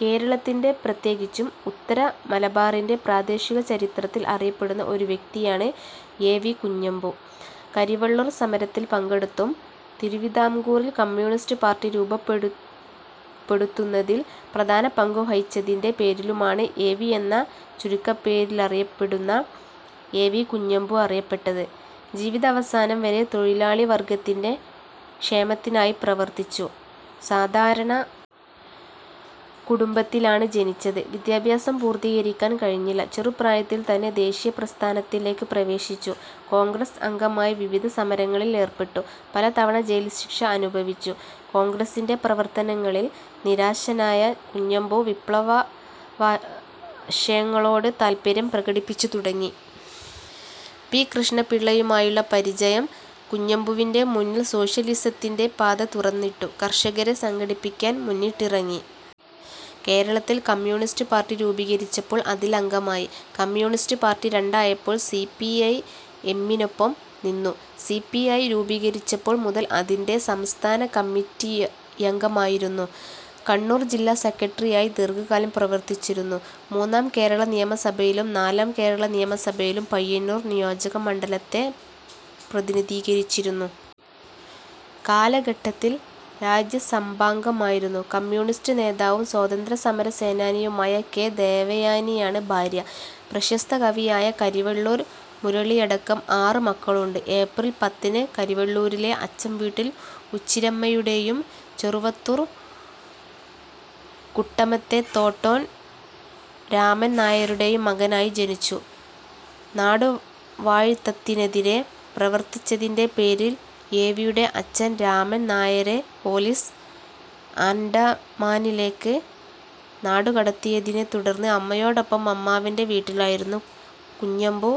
കേരളത്തിൻ്റെ, പ്രത്യേകിച്ചും ഉത്തരമലബാറിൻ്റെ, പ്രാദേശിക ചരിത്രത്തിൽ അറിയപ്പെടുന്ന ഒരു വ്യക്തിയാണ് എ വി കുഞ്ഞമ്പു. കരിവെള്ളൂർ സമരത്തിൽ പങ്കെടുത്തും തിരുവിതാംകൂറിൽ കമ്മ്യൂണിസ്റ്റ് പാർട്ടി രൂപപ്പെടുത്തുന്നതിൽ പ്രധാന പങ്കുവഹിച്ചതിൻ്റെ പേരിലുമാണ് എ വി എന്ന ചുരുക്കപ്പേരിലറിയപ്പെടുന്ന എ വി കുഞ്ഞമ്പു അറിയപ്പെട്ടത്. ജീവിതാവസാനം വരെ തൊഴിലാളിവർഗത്തിൻ്റെ ക്ഷേമത്തിനായി പ്രവർത്തിച്ചു. സാധാരണ കുടുംബത്തിലാണ് ജനിച്ചത്. വിദ്യാഭ്യാസം പൂർത്തീകരിക്കാൻ കഴിഞ്ഞില്ല. ചെറുപ്രായത്തിൽ തന്നെ ദേശീയപ്രസ്ഥാനത്തിലേക്ക് പ്രവേശിച്ചു. കോൺഗ്രസ് അംഗമായി വിവിധ സമരങ്ങളിൽ ഏർപ്പെട്ടു. പലതവണ ജയിൽശിക്ഷ അനുഭവിച്ചു. കോൺഗ്രസിൻ്റെ പ്രവർത്തനങ്ങളിൽ നിരാശനായ കുഞ്ഞമ്പു വിപ്ലവാശയങ്ങളോട് താൽപര്യം പ്രകടിപ്പിച്ചുതുടങ്ങി.പി കൃഷ്ണപിള്ളയുമായുള്ള പരിചയം കുഞ്ഞമ്പുവിൻ്റെ മുന്നിൽ സോഷ്യലിസത്തിൻ്റെ പാത തുറന്നിട്ടു. കർഷകരെ സംഘടിപ്പിക്കാൻ മുന്നിട്ടിറങ്ങി. കേരളത്തിൽ കമ്മ്യൂണിസ്റ്റ് പാർട്ടി രൂപീകരിച്ചപ്പോൾ അതിലംഗമായി. കമ്മ്യൂണിസ്റ്റ് പാർട്ടി രണ്ടായപ്പോൾ സി പി ഐ എമ്മിനൊപ്പം നിന്നു. സി പി ഐ രൂപീകരിച്ചപ്പോൾ മുതൽ അതിൻ്റെ സംസ്ഥാന കമ്മിറ്റിയംഗമായിരുന്നു. കണ്ണൂർ ജില്ലാ സെക്രട്ടറിയായി ദീർഘകാലം പ്രവർത്തിച്ചിരുന്നു. മൂന്നാം കേരള നിയമസഭയിലും നാലാം കേരള നിയമസഭയിലും പയ്യന്നൂർ നിയോജകമണ്ഡലത്തെ പ്രതിനിധീകരിച്ചിരുന്നു. കാലഘട്ടത്തിൽ രാജ്യസഭാംഗമായിരുന്നു. കമ്യൂണിസ്റ്റ് നേതാവും സ്വാതന്ത്ര്യസമര സേനാനിയുമായ കെ ദേവയാനിയാണ് ഭാര്യ. പ്രശസ്ത കവിയായ കരിവെള്ളൂർ മുരളിയടക്കം ആറ് മക്കളുണ്ട്. ഏപ്രിൽ പത്തിന് കരിവെള്ളൂരിലെ അച്ചംവീട്ടിൽ ഉച്ചിരമ്മയുടെയും ചെറുവത്തൂർ കുട്ടമത്തെ തോട്ടോൻ രാമൻ നായരുടെയും മകനായി ജനിച്ചു. നാടുവാഴിത്തത്തിനെതിരെ പ്രവർത്തിച്ചതിൻ്റെ പേരിൽ എ വിയുടെ അച്ഛൻ രാമൻ നായരെ പോലീസ് ആൻഡമാനിലേക്ക് നാടുകടത്തിയതിനെത്തുടർന്ന് അമ്മയോടൊപ്പം അമ്മാവൻ്റെ വീട്ടിലായിരുന്നു കുഞ്ഞമ്പു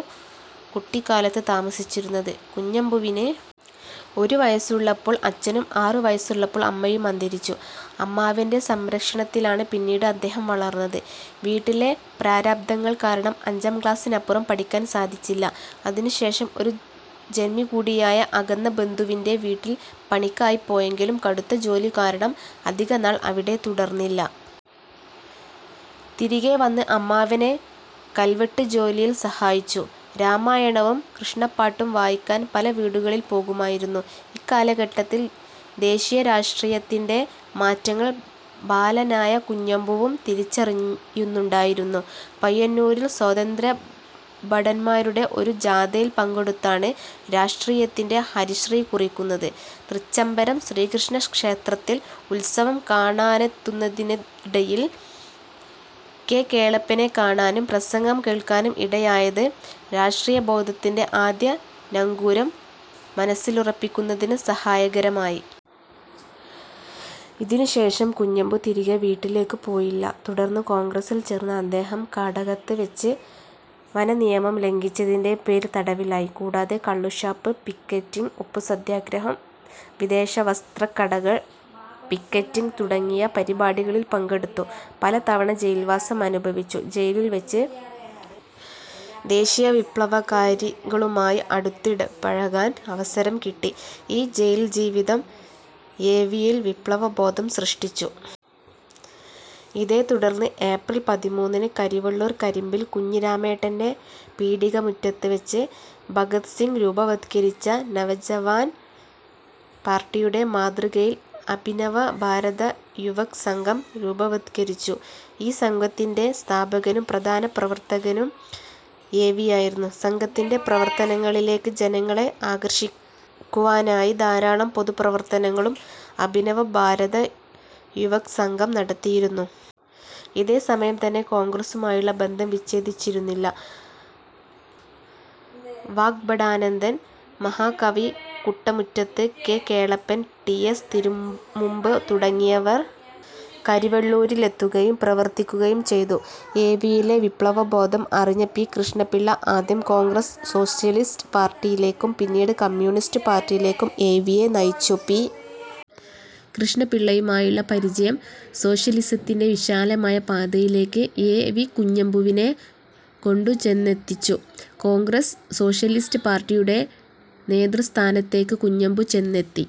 കുട്ടിക്കാലത്ത് താമസിച്ചിരുന്നത്. കുഞ്ഞമ്പുവിന് ഒരു വയസ്സുള്ളപ്പോൾ അച്ഛനും ആറ് വയസ്സുള്ളപ്പോൾ അമ്മയും അന്തരിച്ചു. അമ്മാവൻ്റെ സംരക്ഷണത്തിലാണ് പിന്നീട് അദ്ദേഹം വളർന്നത്. വീട്ടിലെ പ്രാരാബ്ധങ്ങൾ കാരണം അഞ്ചാം ക്ലാസിനപ്പുറം പഠിക്കാൻ സാധിച്ചില്ല. അതിനുശേഷം ഒരു ജന്മികൂടിയായ അകന്ന ബന്ധുവിൻ്റെ വീട്ടിൽ പണിക്കായി പോയെങ്കിലും കടുത്ത ജോലി കാരണം അധികനാൾ അവിടെ തുടർന്നില്ല. തിരികെ വന്ന് അമ്മാവനെ കൽവെട്ട് ജോലിയിൽ സഹായിച്ചു. രാമായണവും കൃഷ്ണപ്പാട്ടും വായിക്കാൻ പല വീടുകളിൽ പോകുമായിരുന്നു. ഇക്കാലഘട്ടത്തിൽ ദേശീയരാഷ്ട്രീയത്തിൻ്റെ മാറ്റങ്ങൾ ബാലനായ കുഞ്ഞമ്പുവും തിരിച്ചറിയുന്നുണ്ടായിരുന്നു. പയ്യന്നൂരിൽ സ്വാതന്ത്ര്യഭടന്മാരുടെ ഒരു ജാഥയിൽ പങ്കെടുത്താണ് രാഷ്ട്രീയത്തിൻ്റെ ഹരിശ്രീ കുറിക്കുന്നത്. തൃച്ചംബരം ശ്രീകൃഷ്ണ ക്ഷേത്രത്തിൽ ഉത്സവം കാണാനെത്തുന്നതിനിടയിൽ കെ കേളപ്പനെ കാണാനും പ്രസംഗം കേൾക്കാനും ഇടയായത് രാഷ്ട്രീയബോധത്തിൻ്റെ ആദ്യ നങ്കൂരം മനസ്സിലുറപ്പിക്കുന്നതിന് സഹായകരമായി. ഇതിനു ശേഷം കുഞ്ഞമ്പു തിരികെ വീട്ടിലേക്ക് പോയില്ല. തുടർന്ന് കോൺഗ്രസിൽ ചേർന്ന അദ്ദേഹം കാടകത്ത് വെച്ച് വനനിയമം ലംഘിച്ചതിൻ്റെ പേരിൽ തടവിലായി. കൂടാതെ കള്ളുഷാപ്പ് പിക്കറ്റിംഗ്, ഉപ്പുസത്യാഗ്രഹം, വിദേശവസ്ത്രക്കടകൾ പിക്കറ്റിംഗ് തുടങ്ങിയ പരിപാടികളിൽ പങ്കെടുത്തു. പലതവണ ജയിൽവാസം അനുഭവിച്ചു. ജയിലിൽവെച്ച് ദേശീയവിപ്ലവകാരികളുമായി അടുത്തിടപഴകാൻ അവസരം കിട്ടി. ഈ ജയിൽജീവിതം എ വിയിൽ വിപ്ലവബോധം സൃഷ്ടിച്ചു. ഇതേത്തുടർന്ന് ഏപ്രിൽ പതിമൂന്നിന് കരിവെള്ളൂർ കരിമ്പിൽ കുഞ്ഞിരാമേട്ടൻ്റെ പീടികമുറ്റത്ത് വെച്ച് ഭഗത് സിംഗ് രൂപവത്കരിച്ച നവജവാൻ പാർട്ടിയുടെ മാതൃകയിൽ അഭിനവ ഭാരത യുവക് സംഘം രൂപവത്കരിച്ചു.ഈ സംഘത്തിൻ്റെ സ്ഥാപകനും പ്രധാന പ്രവർത്തകനും എ വിയായിരുന്നു. സംഘത്തിൻ്റെ പ്രവർത്തനങ്ങളിലേക്ക് ജനങ്ങളെ ആകർഷിക്കുവാനായി ധാരാളം പൊതുപ്രവർത്തനങ്ങളും അഭിനവ ഭാരത യുവക് സംഘം നടത്തിയിരുന്നു. ഇതേ സമയം തന്നെ കോൺഗ്രസുമായുള്ള ബന്ധം വിച്ഛേദിച്ചിരുന്നില്ല. വാഗ്ഭടാനന്ദൻ, മഹാകവി Kuttamath, K Kelappan, T S Thirumumbu തുടങ്ങിയവർ കരിവെള്ളൂരിലെത്തുകയും പ്രവർത്തിക്കുകയും ചെയ്തു. എ വിയിലെ വിപ്ലവബോധം അറിഞ്ഞ പി കൃഷ്ണപിള്ള ആദ്യം കോൺഗ്രസ് സോഷ്യലിസ്റ്റ് പാർട്ടിയിലേക്കും പിന്നീട് കമ്മ്യൂണിസ്റ്റ് പാർട്ടിയിലേക്കും എ വിയെ നയിച്ചു.പി കൃഷ്ണപിള്ളയുമായുള്ള പരിചയം സോഷ്യലിസത്തിൻ്റെ വിശാലമായ പാതയിലേക്ക് എ വി കുഞ്ഞമ്പുവിനെ കൊണ്ടുചെന്നെത്തിച്ചു. കോൺഗ്രസ് സോഷ്യലിസ്റ്റ് പാർട്ടിയുടെ നേതൃസ്ഥാനത്തേക്ക് കുഞ്ഞമ്പു ചെന്നെത്തി.